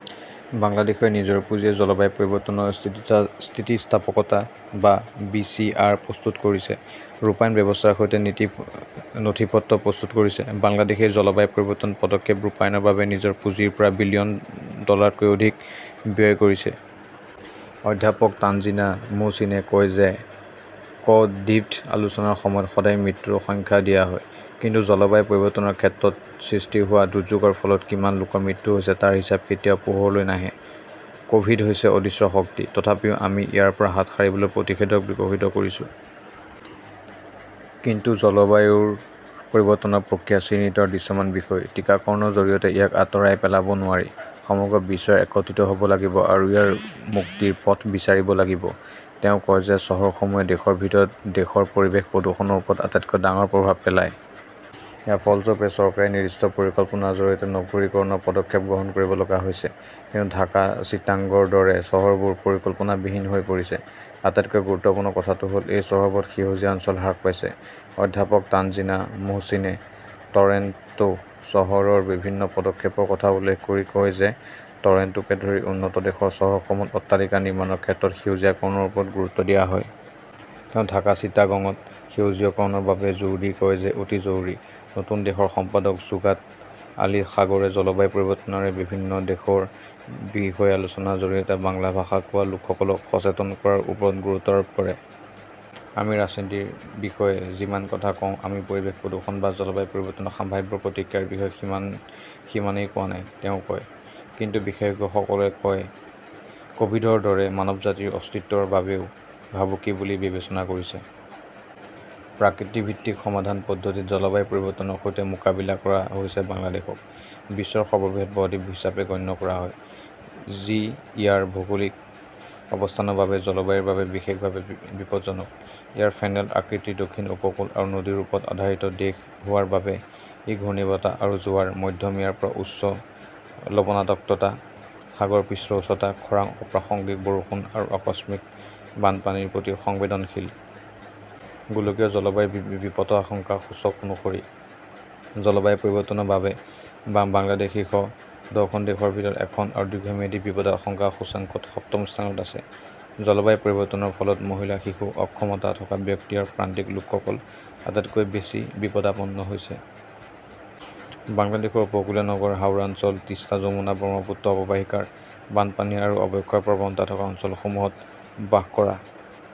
বাংলাদেশই নিজৰ পুঁজিৰে জলবায়ু পৰিৱৰ্তন স্থিতিস্থাপকতা বা বি. চি. আৰ. প্ৰস্তুত কৰিছে, ৰূপায়ণ ব্যৱস্থাৰ সৈতে নীতি নথিপত্ৰ প্ৰস্তুত কৰিছে। বাংলাদেশই জলবায়ু পৰিৱৰ্তন পদক্ষেপ ৰূপায়ণৰ বাবে নিজৰ পুঁজিৰ পৰা বিলিয়ন ডলাৰতকৈও অধিক ব্যয় কৰিছে। অধ্যাপক তানজিনা মোহচিনে কয় যে ক "ভিড আলোচনাৰ সময়ত সদায় মৃত্যুৰ সংখ্যা দিয়া হয়। কিন্তু জলবায়ু পৰিৱৰ্তনৰ ফলত সৃষ্টি হোৱা দুৰ্যোগৰ ফলত কিমান লোকৰ মৃত্যু হৈছে তাৰ হিচাপ কেতিয়াও পোহৰলৈ নাহে। ক "ভিড হৈছে অদৃশ্য শক্তি, তথাপিও আমি ইয়াৰ পৰা হাত সাৰিবলৈ প্ৰতিষেধক বিকশিত কৰিছো। কিন্তু জলবায়ু পৰিৱৰ্তনৰ প্ৰতিক্ৰিয়া চিহ্নিত আৰু দৃশ্যমান বিষয়। টিকাকৰণৰ জৰিয়তে ইয়াক আঁতৰাই পেলাব নোৱাৰি। সমগ্ৰ বিশ্বই একত্ৰিত হ "ব লাগিব আৰু ইয়াৰ পৰা মুক্তিৰ পথ বিচাৰিব লাগিব। তেওঁ কয় যে চহৰসমূহে দেশৰ ভিতৰত দেশৰ পৰিৱেশৰ প্ৰদূষণৰ ওপৰত আটাইতকৈ ডাঙৰ প্ৰভাৱ পেলায়। ইয়াৰ ফলস্বৰূপে চৰকাৰে নিৰ্দিষ্ট পৰিকল্পনাৰ জৰিয়তে নগৰীকৰণৰ পদক্ষেপ গ্ৰহণ কৰিব লগা হৈছিল। কিন্তু ঢাকা চিটাগংৰ দৰে চহৰবোৰ পৰিকল্পনাবিহীন হৈ পৰিছে। আটাইতকৈ গুৰুত্বপূৰ্ণ কথাটো হ "ল, এই চহৰবোৰত সেউজীয়া অঞ্চল হ্ৰাস পাইছে। অধ্যাপক তানজিনা মোহচিনে টৰন্টো চহৰৰ বিভিন্ন পদক্ষেপৰ কথা উল্লেখ কৰি কয় যে টৰন্টোকে ধৰি উন্নত দেশৰ চহৰসমূহত অট্টালিকা নিৰ্মাণৰ ক্ষেত্ৰত সেউজীকৰণৰ ওপৰত গুৰুত্ব দিয়া হয়। তেওঁ ঢাকা চিটাগঙত সেউজকৰণৰ বাবে জোৰ দি কয় যে ই অতি জৰুৰী। নতুন দেশৰ সম্পাদক শ্বোগাট আলী সাগৰে জলবায়ু পৰিৱৰ্তন আৰু ইয়াৰ বিভিন্ন দিশৰ বিষয়ে আলোচনাৰ জৰিয়তে বাংলা ভাষা কোৱা লোকসকলক সচেতন কৰাৰ ওপৰত গুৰুত্ব আৰোপ কৰে। "আমি ৰাজনীতিৰ বিষয়ে যিমান কথা কওঁ, আমি পৰিৱেশ প্ৰদূষণ বা জলবায়ু পৰিৱৰ্তনৰ সম্ভাৱ্য প্ৰতিক্ৰিয়াৰ বিষয়ে সিমানেই কোৱা নাই", তেওঁ কয়। কিন্তু বিশেষজ্ঞসকলে ইয়াক ক "ভিডৰ দৰে মানৱজাতিৰ অস্তিত্বৰ বাবেও ভাবুকি বুলি বিবেচনা কৰিছে। প্ৰকৃতিভিত্তিক সমাধান পদ্ধতিত জলবায়ু পৰিৱৰ্তনৰ সৈতে মোকাবিলা কৰা হৈছেবাংলাদেশক বিশ্বৰ সৰ্ববৃহৎ ব-দ্বীপ হিচাপে গণ্য কৰা হয়, যি ইয়াৰ ভৌগোলিক অৱস্থানৰ বাবে জলবায়ুৰ বাবে বিশেষভাৱে বিপদজনক। ইয়াৰ ফেনেল-আকৃতিৰ দক্ষিণ উপকূল আৰু নদীৰ ওপৰত আধাৰিত দেশ হোৱাৰ বাবে ই ঘূৰ্ণীবতাহ আৰু জোৱাৰ, মধ্যমীয়াৰ পৰা উচ্চ লবণাক্ততা, সাগৰ পৃষ্ঠৰ উচ্চতা, খৰাং, অপ্ৰাসংগিক বৰষুণ আৰু আকস্মিক বানপানীৰ প্ৰতি সংবেদনশীল। গোলকীয় জলবায়ু বিপদাশংকা সূচক অনুসৰি, জলবায়ু পৰিৱৰ্তনৰ বাবে বাংলাদেশ শীৰ্ষ দহখন দেশৰ ভিতৰত এখন আৰু দীৰ্ঘম্যাদী বিপদাশংকা সূচকাংকত সপ্তম স্থানত আছে। জলবায়ু পৰিৱৰ্তনৰ ফলত মহিলা, শিশু, অক্ষমতা থকা ব্যক্তি আৰু প্ৰান্তিক লোকসকল আটাইতকৈ বেছি বিপদাপন্ন হৈছে। বাংলাদেশৰ উপকূলীয় নগৰ, হাওৰাঞ্চল, তিষ্টা-যমুনা-ব্ৰহ্মপুত্ৰ অৱবাহিকাৰ বানপানী আৰু অৱক্ষয়ৰ প্ৰৱণতা থকা অঞ্চলসমূহত বাস কৰা